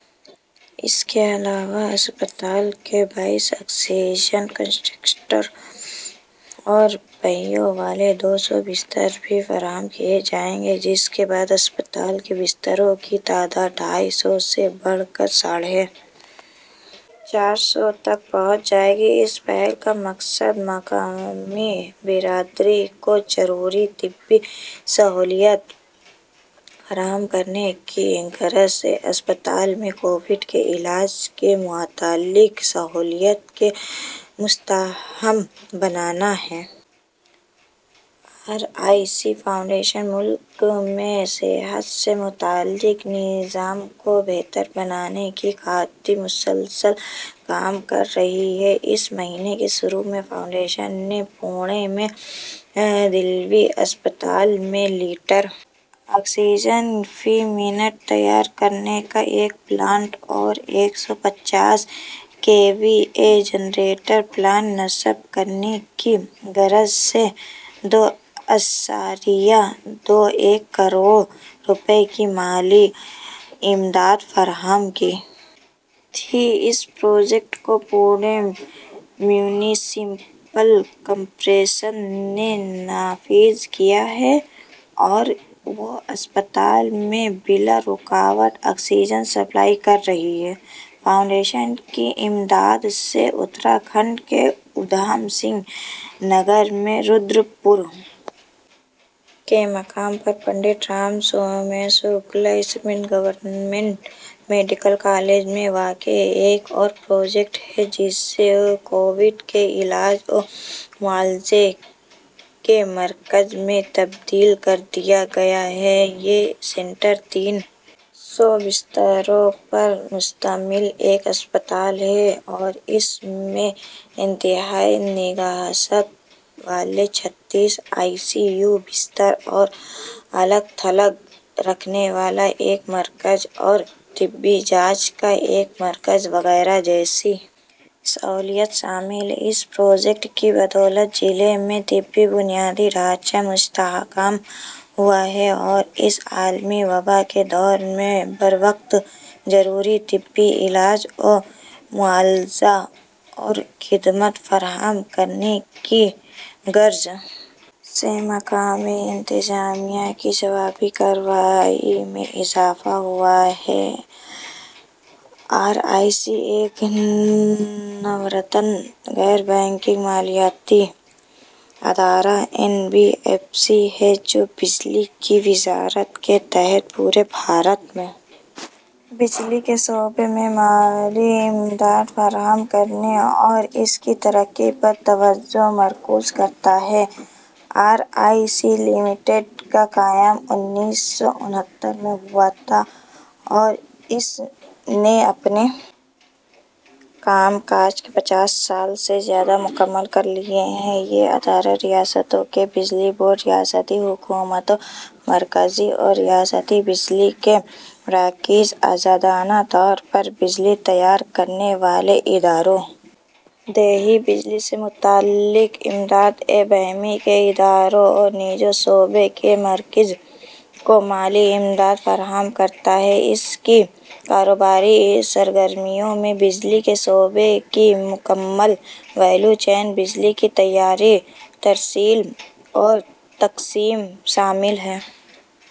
اس کے علاوہ اسپتال کو بائیس آکسیجن کنسنٹریٹرز اور پہیوں والے دو سو بستر بھی فراہم کیے جائیں گے جس کے بعد اسپتال کے بستروں کی تعداد ڈھائی سو سے بڑھ کر ساڑھے چار سو تک پہنچ جائے گی اس پہل کا مقصد مقامی برادری کو ضروری طبی سہولیات فراہم کرنے کی غرض سے اسپتال میں کووڈ کے علاج سے متعلق سہولیات کو مستحکم بنانا ہے آر ای سی فاؤنڈیشن ملک میں صحت سے متعلق نظام کو بہتر بنانے کی خاطر مسلسل کام کر رہی ہے اس مہینے کے شروع میں فاؤنڈیشن نے پونے میں دلوی اسپتال میں لیٹر آکسیجن فی منٹ تیار کرنے کا ایک پلانٹ اور ایک سو پچاس K V A generator plant نصب کرنے کی غرض سے دو اعشاریہ دو ایک کروڑ روپے کی مالی امداد فراہم کی تھی اس پروجیکٹ کو پونے میونسپل کارپوریشن نے نافذ کیا ہے اور وہ اسپتال میں بلا رکاوٹ آکسیجن سپلائی کر رہی ہے فاؤنڈیشن کی امداد سے اتراکھنڈ کے اودھم سنگھ نگر میں رودرپور کے مقام پر Pandit Ram Sameer Shukla Smriti government medical college میں واقع ایک اور پروجیکٹ ہے جسے کووڈ کے علاج معالجے کے مرکز میں تبدیل کر دیا گیا ہے یہ سینٹر تین سو بستروں پر مشتمل ایک اسپتال ہے اور اس میں انتہائی نگہداشت والے چھتیس آئی سی یو بستر اور الگ تھلگ رکھنے والا ایک مرکز اور طبی جانچ کا ایک مرکز وغیرہ جیسی سہولیات شامل ہیں اس پروجیکٹ کی بدولت ضلع میں طبی بنیادی ڈھانچہ مستحکم ہوا ہے اور اس عالمی وبا کے دور میں بروقت ضروری طبی علاج معالجہ اور خدمات فراہم کرنے کی غرض سے مقامی انتظامیہ کی جوابی کارروائی میں اضافہ ہوا ہے آر ای سی ایک نورتن غیر بینکنگ مالیاتی ادارہ این بی ایف سی ہے جو بجلی کی وزارت کے تحت پورے بھارت میں بجلی کے شعبے کو مالی امداد فراہم کرنے اور اس کی ترقی پر توجہ مرکوز کرتا ہے آر ای سی لمیٹڈ کا قیام انیس سو انہتر میں ہوا تھا اور اس نے اپنے کام کاج کے پچاس سال سے زیادہ مکمل کر لیے ہیں یہ ادارہ ریاستوں کے بجلی بورڈ ریاستی حکومتوں مرکزی اور ریاستی بجلی کے مراکز آزادانہ طور پر بجلی تیار کرنے والے اداروں دیہی بجلی سے متعلق امداد باہمی کے اداروں اور نجی شعبے کے مراکز کو مالی امداد فراہم کرتا ہے اس کی کاروباری سرگرمیوں میں بجلی کے شعبے کی مکمل ویلیو چین بجلی کی تیاری ترسیل اور تقسیم شامل ہیں